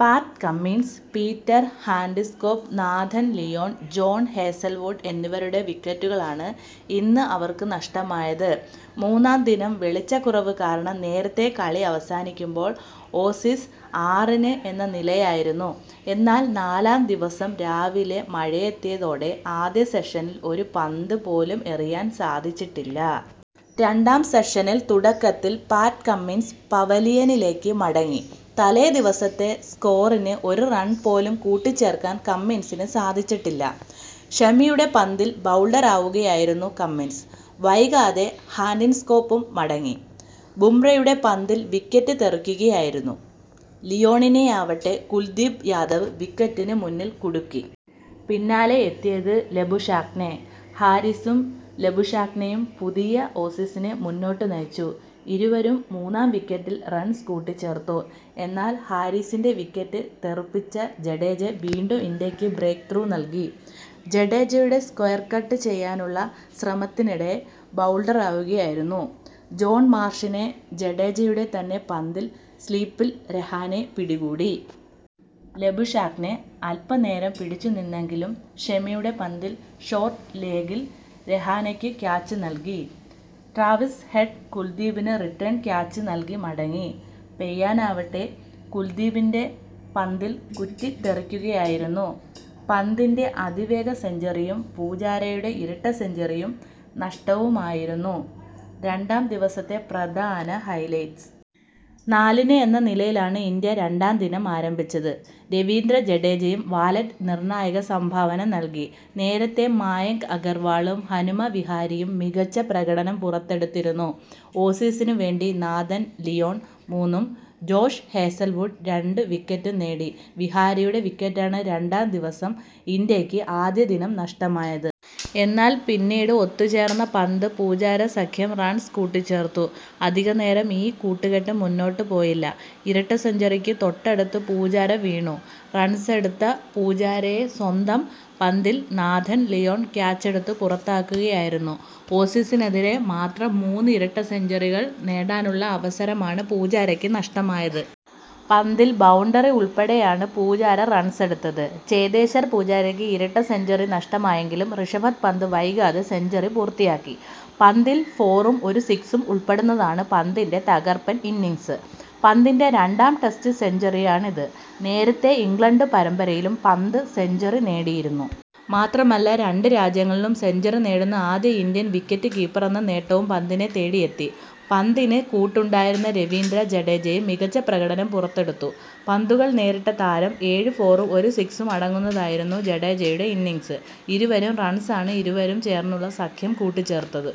പാറ്റ് Cummins, Peter Handscomb, Nathan Lyon, Josh Hazlewood എന്നിവരുടെ വിക്കറ്റുകളാണ് ഇന്ന് അവർക്ക് നഷ്ടമായത്. മൂന്നാം ദിനം വെളിച്ചക്കുറവ് കാരണം നേരത്തെ കളി അവസാനിക്കുമ്പോൾ ഓസീസ് ആറിന് എന്ന നിലയിലായിരുന്നു. എന്നാൽ നാലാം ദിവസം രാവിലെ മഴയെത്തിയതോടെ ആദ്യ സെഷനിൽ ഒരു പന്ത് പോലും എറിയാൻ സാധിച്ചിട്ടില്ല. രണ്ടാം സെഷനിൽ തുടക്കത്തിൽ പാറ്റ് കമ്മിൻസ് പവലിയനിലേക്ക് മടങ്ങി. തലേ ദിവസത്തെ സ്കോറിന് ഒരു റൺ പോലും കൂട്ടിച്ചേർക്കാൻ കമ്മിൻസിന് സാധിച്ചിട്ടില്ല. ഷമിയുടെ പന്തിൽ ബൌൾഡറാവുകയായിരുന്നു കമ്മിൻസ്. വൈകാതെ ഹാൻഡ്സ്കോംപും മടങ്ങി. ബുംറയുടെ പന്തിൽ വിക്കറ്റ് തെറിക്കുകയായിരുന്നു. ലിയോണിനെയാവട്ടെ കുൽദീപ് യാദവ് വിക്കറ്റിന് മുന്നിൽ കുടുക്കി. പിന്നാലെ എത്തിയത് ലബുഷാഗ്നെ. ഹാരിസും ലബുഷാഗ്നെയും പുതിയ ഓസീസിനെ മുന്നോട്ട് നയിച്ചു. ഇരുവരും മൂന്നാം വിക്കറ്റിൽ റൺസ് കൂട്ടിച്ചേർത്തു. എന്നാൽ ഹാരിസിന്റെ വിക്കറ്റ് തെറിപ്പിച്ച ജഡേജ വീണ്ടും ഇന്ത്യക്ക് ബ്രേക്ക് ത്രൂ നൽകി. ജഡേജയുടെ സ്ക്വയർ കട്ട് ചെയ്യാനുള്ള ശ്രമത്തിനിടെ ബൌൾഡറാവുകയായിരുന്നു. ഷോൺ മാർഷിനെ ജഡേജയുടെ തന്നെ പന്തിൽ സ്ലിപ്പിൽ രഹാനെ പിടികൂടി. ലബുഷാഗ്നെ അൽപനേരം പിടിച്ചു നിന്നെങ്കിലും ഷമിയുടെ പന്തിൽ ഷോർട്ട് ലേഗിൽ രഹാനെയ്ക്ക് ക്യാച്ച് നൽകി. ട്രാവിസ് ഹെഡ് കുൽദീപിന് റിട്ടേൺ ക്യാച്ച് നൽകി മടങ്ങി. പെയ്യാനാവട്ടെ കുൽദീപിന്റെ പന്തിൽ കുറ്റി തെറിക്കുകയായിരുന്നു. പന്തിന്റെ അതിവേഗ സെഞ്ചുറിയും പൂജാരയുടെ ഇരട്ട സെഞ്ചുറിയും നഷ്ടവുമായിരുന്നു രണ്ടാം ദിവസത്തെ പ്രധാന ഹൈലൈറ്റസ്. നാലിന് എന്ന നിലയിലാണ് ഇന്ത്യ രണ്ടാം ദിനം ആരംഭിച്ചത്. രവീന്ദ്ര ജഡേജയും വാലറ്റ് നിർണായക സംഭാവന നൽകി. നേരത്തെ മായങ്ക് അഗർവാളും, ഹനുമ വിഹാരിയും മികച്ച പ്രകടനം പുറത്തെടുത്തിരുന്നു. ഓസീസിന് വേണ്ടി നാഥൻ ലിയോൺ മൂന്നും ജോഷ് ഹേസൽവുഡ് രണ്ടും വിക്കറ്റ് നേടി. വിഹാരിയുടെ വിക്കറ്റാണ് രണ്ടാം ദിവസം ഇന്ത്യക്ക് ആദ്യദിനം നഷ്ടമായത്. എന്നാൽ പിന്നീട് ഒത്തുച്ചേർന്ന പന്ത് പൂജാര സഖ്യം റൺസ് കൂട്ടിച്ചേർത്തു. അധികനേരം ഈ കൂട്ടുക്കെട്ട് മുന്നോട്ട് പോയില്ല. ഇരട്ട സെഞ്ചുറിക്ക് തൊട്ടടുത്ത് പൂജാര വീണു. റൺസെടുത്ത പൂജാരയെ സ്വന്തം പന്തിൽ നാഥൻ ലിയോൺ ക്യാച്ചെടുത്ത് പുറത്താക്കുകയായിരുന്നു. ഓസീസിനെതിരെ മാത്രം മൂന്ന് ഇരട്ട സെഞ്ചുറികൾ നേടാനുള്ള അവസരമാണ് പൂജാരയ്ക്ക് നഷ്ടമായത്. പന്തിൽ ബൌണ്ടറി ഉൾപ്പെടെയാണ് പൂജാര റൺസെടുത്തത്. ചേതേശ്വർ പൂജാരയ്ക്ക് ഇരട്ട സെഞ്ചുറി നഷ്ടമായെങ്കിലും ഋഷഭ് പന്ത് വൈകാതെ സെഞ്ചുറി പൂർത്തിയാക്കി. പന്തിൽ ഫോറും ഒരു സ്കിസും ഉൾപ്പെടുന്നതാണ് പന്തിന്റെ തകർപ്പൻ ഇന്നിങ്സ്. പന്തിന്റെ രണ്ടാം ടെസ്റ്റ് സെഞ്ചുറിയാണിത്. നേരത്തെ ഇംഗ്ലണ്ട് പരമ്പരയിലും പന്ത് സെഞ്ചുറി നേടിയിരുന്നു. മാത്രമല്ല, രണ്ട് രാജ്യങ്ങളിലും സെഞ്ചുറി നേടുന്ന ആദ്യ ഇന്ത്യൻ വിക്കറ്റ് കീപ്പറെന്ന നേട്ടവും പന്തിനെ തേടിയെത്തി. പന്തിന് കൂട്ടുണ്ടായിരുന്ന രവീന്ദ്ര ജഡേജയും മികച്ച പ്രകടനം പുറത്തെടുത്തു. പന്തുകൾ നേരിട്ട താരം ഏഴ് ഫോറും ഒരു സിക്സും അടങ്ങുന്നതായിരുന്ന ജഡേജയുടെ ഇന്നിങ്സ്. ഇരുവരും റൺസാണ് ഇരുവരും ചേർന്നുള്ള സഖ്യം കൂട്ടിച്ചേർത്തത്.